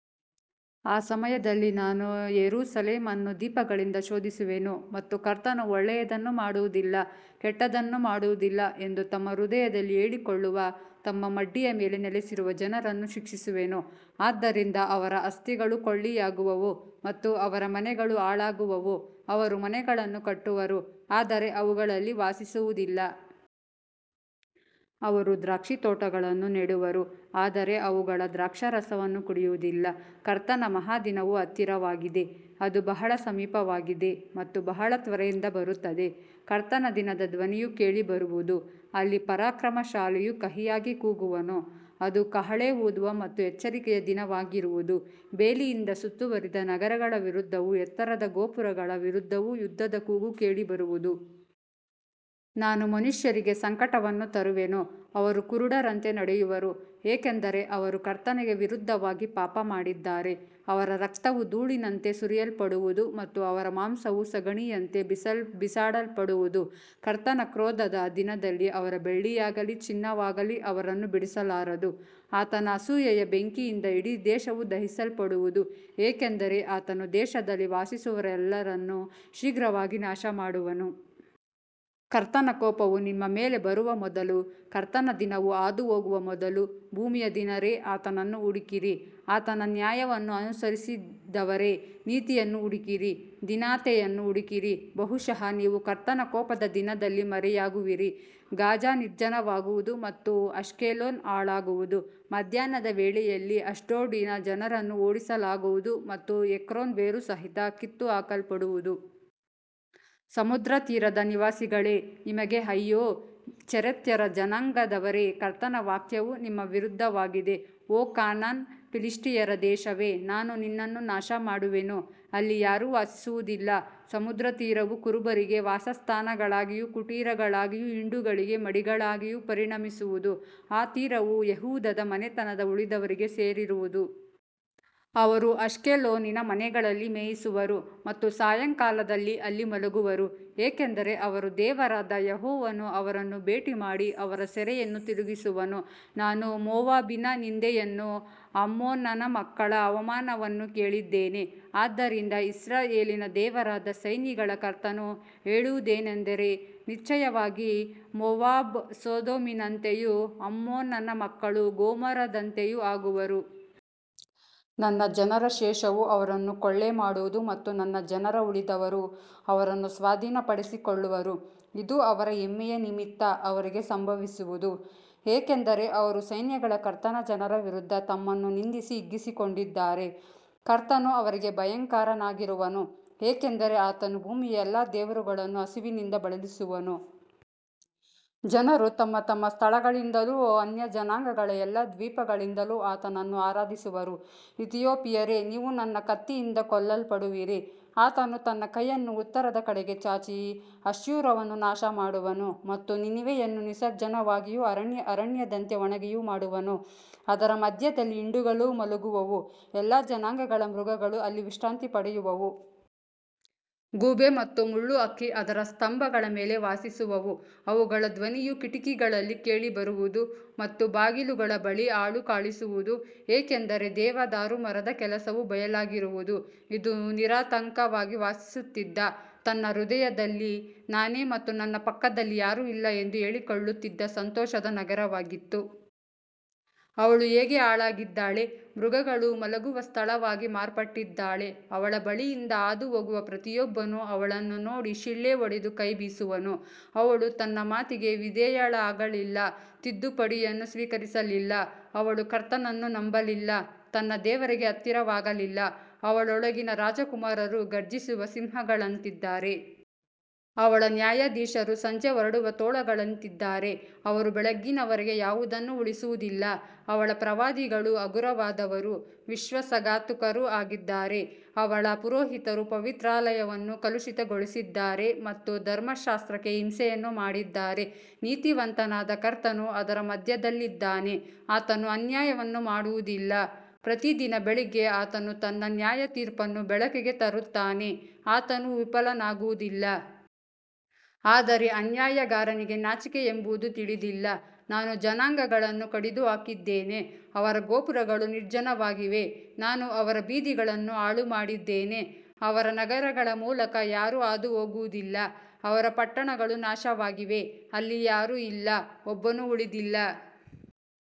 ಆ ಸಮಯದಲ್ಲಿ ನಾನು ಯೆರೂಸಲೇಮನ್ನು ದೀಪಗಳಿಂದ ಶೋಧಿಸುವೆನು ಮತ್ತು ಕರ್ತನು ಒಳ್ಳೆಯದನ್ನು ಮಾಡುವುದಿಲ್ಲ, ಕೆಟ್ಟದ್ದನ್ನೂ ಮಾಡುವುದಿಲ್ಲ ಎಂದು ತಮ್ಮ ಹೃದಯದಲ್ಲಿ ಹೇಳಿಕೊಳ್ಳುವ, ತಮ್ಮ ಮಡ್ಡಿಯ ಮೇಲೆ ನೆಲೆಸಿರುವ ಜನರನ್ನು ಶಿಕ್ಷಿಸುವೆನು. ಆದ್ದರಿಂದ ಅವರ ಆಸ್ತಿಗಳು ಕೊಳ್ಳೆಯಾಗುವವು ಮತ್ತು ಅವರ ಮನೆಗಳು ಹಾಳಾಗುವವು. ಅವರು ಮನೆಗಳನ್ನು ಕಟ್ಟುವರು, ಆದರೆ ಅವುಗಳಲ್ಲಿ ವಾಸಿಸುವುದಿಲ್ಲ. ಅವರು ದ್ರಾಕ್ಷಿತೋಟಗಳನ್ನು ನೆಡುವರು, ಆದರೆ ಅವುಗಳ ದ್ರಾಕ್ಷಾರಸವನ್ನು ಕುಡಿಯುವುದಿಲ್ಲ. ಕರ್ತನ ಮಹಾದಿನವು ಹತ್ತಿರವಾಗಿದೆ, ಅದು ಬಹಳ ಸಮೀಪವಾಗಿದೆ ಮತ್ತು ಬಹಳ ತ್ವರೆಯಿಂದ ಬರುತ್ತದೆ. ಕರ್ತನ ದಿನದ ಧ್ವನಿಯು ಕೇಳಿಬರುವುದು, ಅಲ್ಲಿ ಪರಾಕ್ರಮಶಾಲಿಯು ಕಹಿಯಾಗಿ ಕೂಗುವನು. ಅದು ಕಹಳೆ ಊದುವ ಮತ್ತು ಎಚ್ಚರಿಕೆಯ ದಿನವಾಗಿರುವುದು, ಬೇಲಿಯಿಂದ ಸುತ್ತುವರಿದ ನಗರಗಳ ವಿರುದ್ಧವೂ ಎತ್ತರದ ಗೋಪುರಗಳ ವಿರುದ್ಧವೂ ಯುದ್ಧದ ಕೂಗು ಕೇಳಿಬರುವುದು. ನಾನು ಮನುಷ್ಯರಿಗೆ ಸಂಕಟವನ್ನು ತರುವೆನು, ಅವರು ಕುರುಡರಂತೆ ನಡೆಯುವರು, ಏಕೆಂದರೆ ಅವರು ಕರ್ತನಿಗೆ ವಿರುದ್ಧವಾಗಿ ಪಾಪಮಾಡಿದ್ದಾರೆ. ಅವರ ರಕ್ತವು ಧೂಳಿನಂತೆ ಸುರಿಯಲ್ಪಡುವುದು ಮತ್ತು ಅವರ ಮಾಂಸವು ಸಗಣಿಯಂತೆ ಬಿಸಾಡಲ್ಪಡುವುದು. ಕರ್ತನ ಕ್ರೋಧದ ದಿನದಲ್ಲಿ ಅವರ ಬೆಳ್ಳಿಯಾಗಲಿ ಚಿನ್ನವಾಗಲಿ ಅವರನ್ನು ಬಿಡಿಸಲಾರದು. ಆತನ ಅಸೂಯೆಯ ಬೆಂಕಿಯಿಂದ ಇಡೀ ದೇಶವು ದಹಿಸಲ್ಪಡುವುದು, ಏಕೆಂದರೆ ಆತನು ದೇಶದಲ್ಲಿ ವಾಸಿಸುವವರೆಲ್ಲರನ್ನು ಶೀಘ್ರವಾಗಿ ನಾಶಮಾಡುವನು. ಕರ್ತನ ಕೋಪವು ನಿಮ್ಮ ಮೇಲೆ ಬರುವ ಮೊದಲು, ಕರ್ತನ ದಿನವು ಹಾದುಹೋಗುವ ಮೊದಲು, ಭೂಮಿಯ ದೀನರೇ, ಆತನನ್ನು ಹುಡುಕಿರಿ. ಆತನ ನ್ಯಾಯವನ್ನು ಅನುಸರಿಸಿದವರೇ, ನೀತಿಯನ್ನು ಹುಡುಕಿರಿ, ದೀನತೆಯನ್ನು ಹುಡುಕಿರಿ. ಬಹುಶಃ ನೀವು ಕರ್ತನ ಕೋಪದ ದಿನದಲ್ಲಿ ಮರೆಯಾಗುವಿರಿ. ಗಾಜಾ ನಿರ್ಜನವಾಗುವುದು ಮತ್ತು ಅಶ್ಕೆಲೋನ್ ಹಾಳಾಗುವುದು. ಮಧ್ಯಾಹ್ನದ ವೇಳೆಯಲ್ಲಿ ಅಷ್ಡೋಡಿನ ಜನರನ್ನು ಓಡಿಸಲಾಗುವುದು ಮತ್ತು ಎಕ್ರೋನ್ ಬೇರುಸಹಿತ ಕಿತ್ತುಹಾಕಲ್ಪಡುವುದು. ಸಮುದ್ರ ತೀರದ ನಿವಾಸಿಗಳೇ, ನಿಮಗೆ ಅಯ್ಯೋ. ಚೆರೆತ್ಯರ ಜನಾಂಗದವರೇ, ಕರ್ತನ ವಾಕ್ಯವು ನಿಮ್ಮ ವಿರುದ್ಧವಾಗಿದೆ. ಓ ಕಾನಾನ್, ಫಿಲಿಷ್ಟಿಯರ ದೇಶವೇ, ನಾನು ನಿನ್ನನ್ನು ನಾಶಮಾಡುವೆನು, ಅಲ್ಲಿ ಯಾರೂ ವಾಸಿಸುವುದಿಲ್ಲ. ಸಮುದ್ರ ತೀರವು ಕುರುಬರಿಗೆ ವಾಸಸ್ಥಾನಗಳಾಗಿಯೂ ಕುಟೀರಗಳಾಗಿಯೂ ಹಿಂಡುಗಳಿಗೆ ಮಡಿಗಳಾಗಿಯೂ ಪರಿಣಮಿಸುವುದು. ಆ ತೀರವು ಯೆಹೂದದ ಮನೆತನದ ಉಳಿದವರಿಗೆ ಸೇರಿರುವುದು. ಅವರು ಅಶ್ಕೆಲೋನಿನ ಮನೆಗಳಲ್ಲಿ ಮೇಯಿಸುವರು ಮತ್ತು ಸಾಯಂಕಾಲದಲ್ಲಿ ಅಲ್ಲಿ ಮಲಗುವರು, ಏಕೆಂದರೆ ಅವರ ದೇವರಾದ ಯೆಹೋವನು ಅವರನ್ನು ಭೇಟಿಮಾಡಿ ಅವರ ಸೆರೆಯನ್ನು ತಿರುಗಿಸುವನು. ನಾನು ಮೋವಾಬಿನ ನಿಂದೆಯನ್ನೂ ಅಮ್ಮೋನನ ಮಕ್ಕಳ ಅವಮಾನವನ್ನೂ ಕೇಳಿದ್ದೇನೆ. ಆದ್ದರಿಂದ ಇಸ್ರಾಯೇಲಿನ ದೇವರಾದ ಸೈನ್ಯಗಳ ಕರ್ತನು ಹೇಳುವುದೇನೆಂದರೆ, ನಿಶ್ಚಯವಾಗಿ ಮೋವಾಬ್ ಸೊದೋಮಿನಂತೆಯೂ ಅಮ್ಮೋನನ ಮಕ್ಕಳು ಗೊಮೋರದಂತೆಯೂ ಆಗುವರು. ನನ್ನ ಜನರ ಶೇಷವು ಅವರನ್ನು ಕೊಳ್ಳೆಮಾಡುವುದು ಮತ್ತು ನನ್ನ ಜನರ ಉಳಿದವರು ಅವರನ್ನು ಸ್ವಾಧೀನಪಡಿಸಿಕೊಳ್ಳುವರು. ಇದು ಅವರ ಹೆಮ್ಮೆಯ ನಿಮಿತ್ತ ಅವರಿಗೆ ಸಂಭವಿಸುವುದು, ಏಕೆಂದರೆ ಅವರು ಸೈನ್ಯಗಳ ಕರ್ತನ ಜನರ ವಿರುದ್ಧ ತಮ್ಮನ್ನು ನಿಂದಿಸಿ ಹಿಗ್ಗಿಸಿಕೊಂಡಿದ್ದಾರೆ. ಕರ್ತನು ಅವರಿಗೆ ಭಯಂಕರನಾಗಿರುವನು, ಏಕೆಂದರೆ ಆತನು ಭೂಮಿಯ ಎಲ್ಲಾ ದೇವರುಗಳನ್ನು ಹಸಿವಿನಿಂದ ಬಳಲಿಸುವನು. ಜನರು ತಮ್ಮ ತಮ್ಮ ಸ್ಥಳಗಳಿಂದಲೂ ಅನ್ಯಜನಾಂಗಗಳ ಎಲ್ಲಾ ದ್ವೀಪಗಳಿಂದಲೂ ಆತನನ್ನು ಆರಾಧಿಸುವರು. ಇಥಿಯೋಪಿಯರೇ, ನೀವು ನನ್ನ ಕತ್ತಿಯಿಂದ ಕೊಲ್ಲಲ್ಪಡುವಿರಿ. ಆತನು ತನ್ನ ಕೈಯನ್ನು ಉತ್ತರದ ಕಡೆಗೆ ಚಾಚಿ ಅಶ್ಶೂರವನ್ನು ನಾಶಮಾಡುವನು ಮತ್ತು ನಿನೆವೆಯನ್ನು ನಿರ್ಜನವಾಗಿಯೂ ಅರಣ್ಯದಂತೆ ಒಣಗಿಯೂ ಮಾಡುವನು. ಅದರ ಮಧ್ಯದಲ್ಲಿ ಹಿಂಡುಗಳು ಮಲಗುವವು, ಎಲ್ಲಾ ಜನಾಂಗಗಳ ಮೃಗಗಳು ಅಲ್ಲಿ ವಿಶ್ರಾಂತಿ ಪಡೆಯುವವು. ಗೂಬೆ ಮತ್ತು ಮುಳ್ಳುಹಕ್ಕಿ ಅದರ ಸ್ತಂಭಗಳ ಮೇಲೆ ವಾಸಿಸುವವು. ಅವುಗಳ ಧ್ವನಿಯು ಕಿಟಕಿಗಳಲ್ಲಿ ಕೇಳಿಬರುವುದು ಮತ್ತು ಬಾಗಿಲುಗಳ ಬಳಿ ಹಾಳು ಕಾಣಿಸುವುದು, ಏಕೆಂದರೆ ದೇವದಾರು ಮರದ ಕೆಲಸವು ಬಯಲಾಗಿರುವುದು. ಇದು ನಿರಾತಂಕವಾಗಿ ವಾಸಿಸುತ್ತಿದ್ದ, ತನ್ನ ಹೃದಯದಲ್ಲಿ, ನಾನೇ ಮತ್ತು ನನ್ನ ಪಕ್ಕದಲ್ಲಿ ಯಾರೂ ಇಲ್ಲ ಎಂದು ಹೇಳಿಕೊಳ್ಳುತ್ತಿದ್ದ ಸಂತೋಷದ ನಗರವಾಗಿತ್ತು. ಅವಳು ಹೇಗೆ ಹಾಳಾಗಿದ್ದಾಳೆ, ಮೃಗಗಳು ಮಲಗುವ ಸ್ಥಳವಾಗಿ ಮಾರ್ಪಟ್ಟಿದ್ದಾಳೆ. ಅವಳ ಬಳಿಯಿಂದ ಹಾದುಹೋಗುವ ಪ್ರತಿಯೊಬ್ಬನೂ ಅವಳನ್ನು ನೋಡಿ ಶಿಳ್ಳೆ ಹೊಡೆದು ಕೈ ಬೀಸುವನು. ಅವಳು ತನ್ನ ಮಾತಿಗೆ ವಿಧೇಯಳಾಗಲಿಲ್ಲ, ತಿದ್ದುಪಡಿಯನ್ನು ಸ್ವೀಕರಿಸಲಿಲ್ಲ. ಅವಳು ಕರ್ತನನ್ನು ನಂಬಲಿಲ್ಲ, ತನ್ನ ದೇವರಿಗೆ ಹತ್ತಿರವಾಗಲಿಲ್ಲ. ಅವಳೊಳಗಿನ ರಾಜಕುಮಾರರು ಘರ್ಜಿಸುವ ಸಿಂಹಗಳಂತಿದ್ದಾರೆ. ಅವಳ ನ್ಯಾಯಾಧೀಶರು ಸಂಜೆ ಹೊರಡುವ ತೋಳಗಳಂತಿದ್ದಾರೆ, ಅವರು ಬೆಳಗ್ಗಿನವರೆಗೆ ಯಾವುದನ್ನೂ ಉಳಿಸುವುದಿಲ್ಲ. ಅವಳ ಪ್ರವಾದಿಗಳು ಹಗುರವಾದವರೂ ವಿಶ್ವಾಸಘಾತುಕರೂ ಆಗಿದ್ದಾರೆ. ಅವಳ ಪುರೋಹಿತರು ಪವಿತ್ರಾಲಯವನ್ನು ಕಲುಷಿತಗೊಳಿಸಿದ್ದಾರೆ ಮತ್ತು ಧರ್ಮಶಾಸ್ತ್ರಕ್ಕೆ ಹಿಂಸೆಯನ್ನು ಮಾಡಿದ್ದಾರೆ. ನೀತಿವಂತನಾದ ಕರ್ತನು ಅದರ ಮಧ್ಯದಲ್ಲಿದ್ದಾನೆ, ಆತನು ಅನ್ಯಾಯವನ್ನು ಮಾಡುವುದಿಲ್ಲ. ಪ್ರತಿದಿನ ಬೆಳಿಗ್ಗೆ ಆತನು ತನ್ನ ನ್ಯಾಯತೀರ್ಪನ್ನು ಬೆಳಕಿಗೆ ತರುತ್ತಾನೆ, ಆತನು ವಿಫಲನಾಗುವುದಿಲ್ಲ. ಆದರೆ ಅನ್ಯಾಯಗಾರನಿಗೆ ನಾಚಿಕೆಯೆಂಬುದು ತಿಳಿದಿಲ್ಲ. ನಾನು ಜನಾಂಗಗಳನ್ನು ಕಡಿದುಹಾಕಿದ್ದೇನೆ, ಅವರ ಗೋಪುರಗಳು ನಿರ್ಜನವಾಗಿವೆ. ನಾನು ಅವರ ಬೀದಿಗಳನ್ನು ಹಾಳುಮಾಡಿದ್ದೇನೆ, ಅವರ ನಗರಗಳ ಮೂಲಕ ಯಾರೂ ಹಾದುಹೋಗುವುದಿಲ್ಲ. ಅವರ ಪಟ್ಟಣಗಳು ನಾಶವಾಗಿವೆ, ಅಲ್ಲಿ ಯಾರೂ ಇಲ್ಲ, ಒಬ್ಬನೂ ಉಳಿದಿಲ್ಲ.